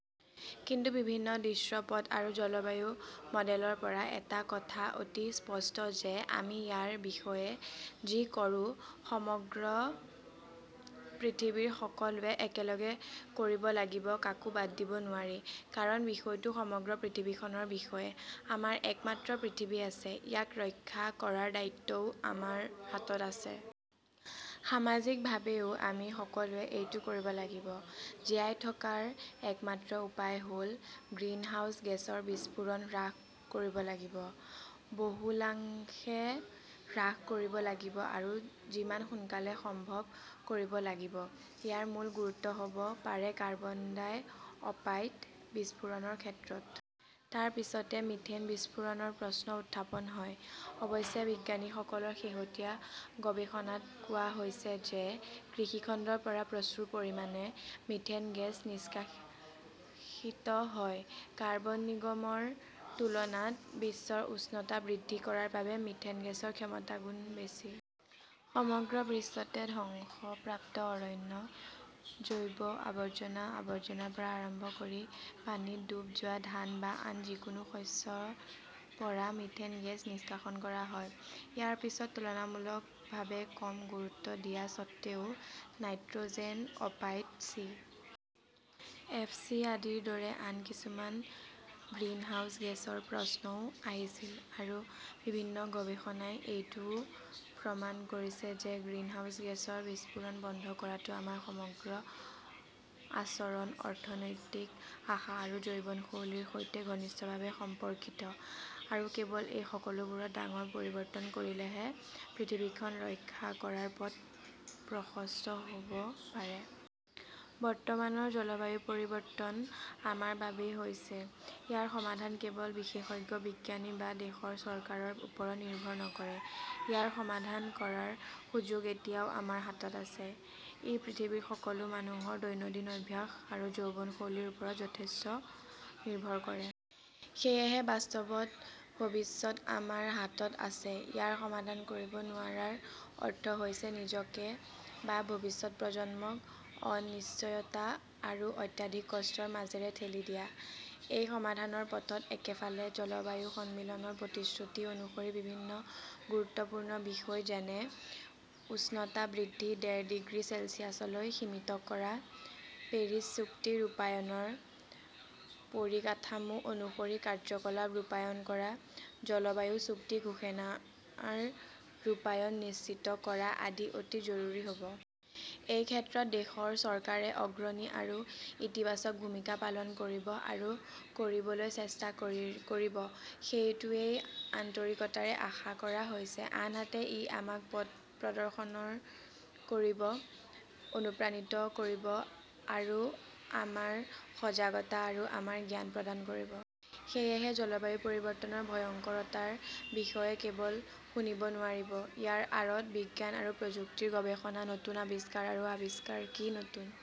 কিন্তু বিভিন্ন দৃশ্যপট আৰু জলবায়ু মডেলৰ পৰা এটা কথা অতি স্পষ্ট যে আমি ইয়াৰ বিষয়ে যি কৰো, সমগ্ৰ পৃথিৱীৰ সকলোৱে একেলগে কৰিব লাগিব, কাকো বাদ দিব নোৱাৰি। কাৰণ বিষয়টো সমগ্ৰ পৃথিৱীখনৰ বিষয়ে। আমাৰ একমাত্ৰ পৃথিৱী আছে, ইয়াক ৰক্ষা কৰাৰ দায়িত্বও আমাৰ হাতত আছে। সামাজিকভাৱেও আমি সকলোৱে এইটো কৰিব লাগিব। জীয়াই থকাৰ একমাত্ৰ উপায় হ "ল-গ্ৰিনহাউজ গেছৰ বিস্ফোৰণ হ্ৰাস কৰিব লাগিব, বহুলাংশে হ্ৰাস কৰিব লাগিব আৰু যিমান সোনকালে সম্ভৱ কৰিব লাগিব। ইয়াৰ মূল গুৰুত্ব হ "ব পাৰে কাৰ্বন ডাই-অপাইড বিস্ফোৰণৰ ক্ষেত্ৰত। তাৰ পিছতে মিথেন বিস্ফোৰণৰ প্ৰশ্ন উত্থাপন হয়। অৱশ্যে বিজ্ঞানীসকলৰ শেহতীয়া গৱেষণাত কোৱা হৈছে যে কৃষি খণ্ডৰ পৰা প্ৰচুৰ পৰিমাণে মিথেন গেছ নিষ্কাশিত হয়। কাৰ্বন নিৰ্গমনৰ তুলনাত বিশ্বৰ উষ্ণতা বৃদ্ধি কৰাৰ বাবে মিথেন গেছৰ ক্ষমতা গুণ বেছি। সমগ্ৰ বিশ্বতে ধ্বংসপ্ৰাপ্ত অৰণ্য, জৈৱ আৱৰ্জনা, আৱৰ্জনাৰ পৰা আৰম্ভ কৰি পানীত ডুব যোৱা ধান বা আন যিকোনো শস্যৰ পৰা মিথেন গেছ নিষ্কাশন কৰা হয়। ইয়াৰ পিছত তুলনামূলকভাৱে কম গুৰুত্ব দিয়া স্বত্বেও নাইট্ৰ "জেন অপাইড, চি. এফ. চি. আদিৰ দৰে আন কিছুমান গ্ৰিনহাউজ গেছৰ প্ৰশ্নও আহিছিল। আৰু বিভিন্ন গৱেষণাই এইটোও প্ৰমাণ কৰিছে যে গ্ৰিনহাউজ গেছৰ বিস্ফোৰণ বন্ধ কৰাটো আমাৰ সমগ্ৰ আচৰণ, অৰ্থনৈতিক আশা আৰু জীৱনশৈলীৰ সৈতে ঘনিষ্ঠভাৱে সম্পৰ্কিত। আৰু কেৱল এই সকলোবোৰত ডাঙৰ পৰিৱৰ্তন কৰিলেহে পৃথিৱীখন ৰক্ষা কৰাৰ পথ প্ৰশস্ত হ "ব পাৰে। বৰ্তমানৰ জলবায়ু পৰিৱৰ্তন আমাৰ বাবেই হৈছে। ইয়াৰ সমাধান কেৱল বিশেষজ্ঞ বিজ্ঞানী বা দেশৰ চৰকাৰৰ ওপৰত নিৰ্ভৰ নকৰে। ইয়াৰ সমাধান কৰাৰ সুযোগ এতিয়াও আমাৰ হাতত আছে। ই পৃথিৱীৰ সকলো মানুহৰ দৈনন্দিন অভ্যাস আৰু জীৱনশৈলীৰ ওপৰত যথেষ্ট নিৰ্ভৰ কৰে। সেয়েহে বাস্তৱত ভৱিষ্যত আমাৰ হাতত আছে। ইয়াৰ সমাধান কৰিব নোৱাৰাৰ অৰ্থ হৈছে নিজকে বা ভৱিষ্যত প্ৰজন্মক অনিশ্চয়তা আৰু অত্যাধিক কষ্টৰ মাজেৰে ঠেলি দিয়া। এই সমাধানৰ পথত একেফালে জলবায়ু সন্মিলনৰ প্ৰতিশ্ৰুতি অনুসৰি বিভিন্ন গুৰুত্বপূৰ্ণ বিষয় যেনেঃ উষ্ণতা বৃদ্ধি ডেৰ ডিগ্ৰী চেলছিয়াছলৈ সীমিত কৰা, পেৰিছ চুক্তি ৰূপায়ণৰ পৰিকাঠামো অনুসৰি কাৰ্যকলাপ ৰূপায়ণ কৰা, জলবায়ু চুক্তি ঘোষণাৰ ৰূপায়ণ নিশ্চিত কৰা আদি অতি জৰুৰী হ 'ব। এই ক্ষেত্ৰত দেশৰ চৰকাৰে অগ্ৰণী আৰু ইতিবাচক ভূমিকা পালন কৰিব আৰু কৰিবলৈ চেষ্টা কৰিব-সেইটোৱেই আন্তৰিকতাৰে আশা কৰা হৈছে। আনহাতে, ই আমাক পথ প্ৰদৰ্শন কৰিব, অনুপ্ৰাণিত কৰিব আৰু আমাৰ সজাগতা আৰু আমাৰ জ্ঞান প্ৰদান কৰিব। সেয়েহে জলবায়ু পৰিৱৰ্তনৰ ভয়ংকৰতাৰ বিষয়ে কেৱল শুনিব নোৱাৰিব। ইয়াৰ আঁৰত বিজ্ঞান আৰু প্ৰযুক্তিৰ গৱেষণা, নতুন আৱিষ্কাৰ আৰু আৱিষ্কাৰ কি, নতুন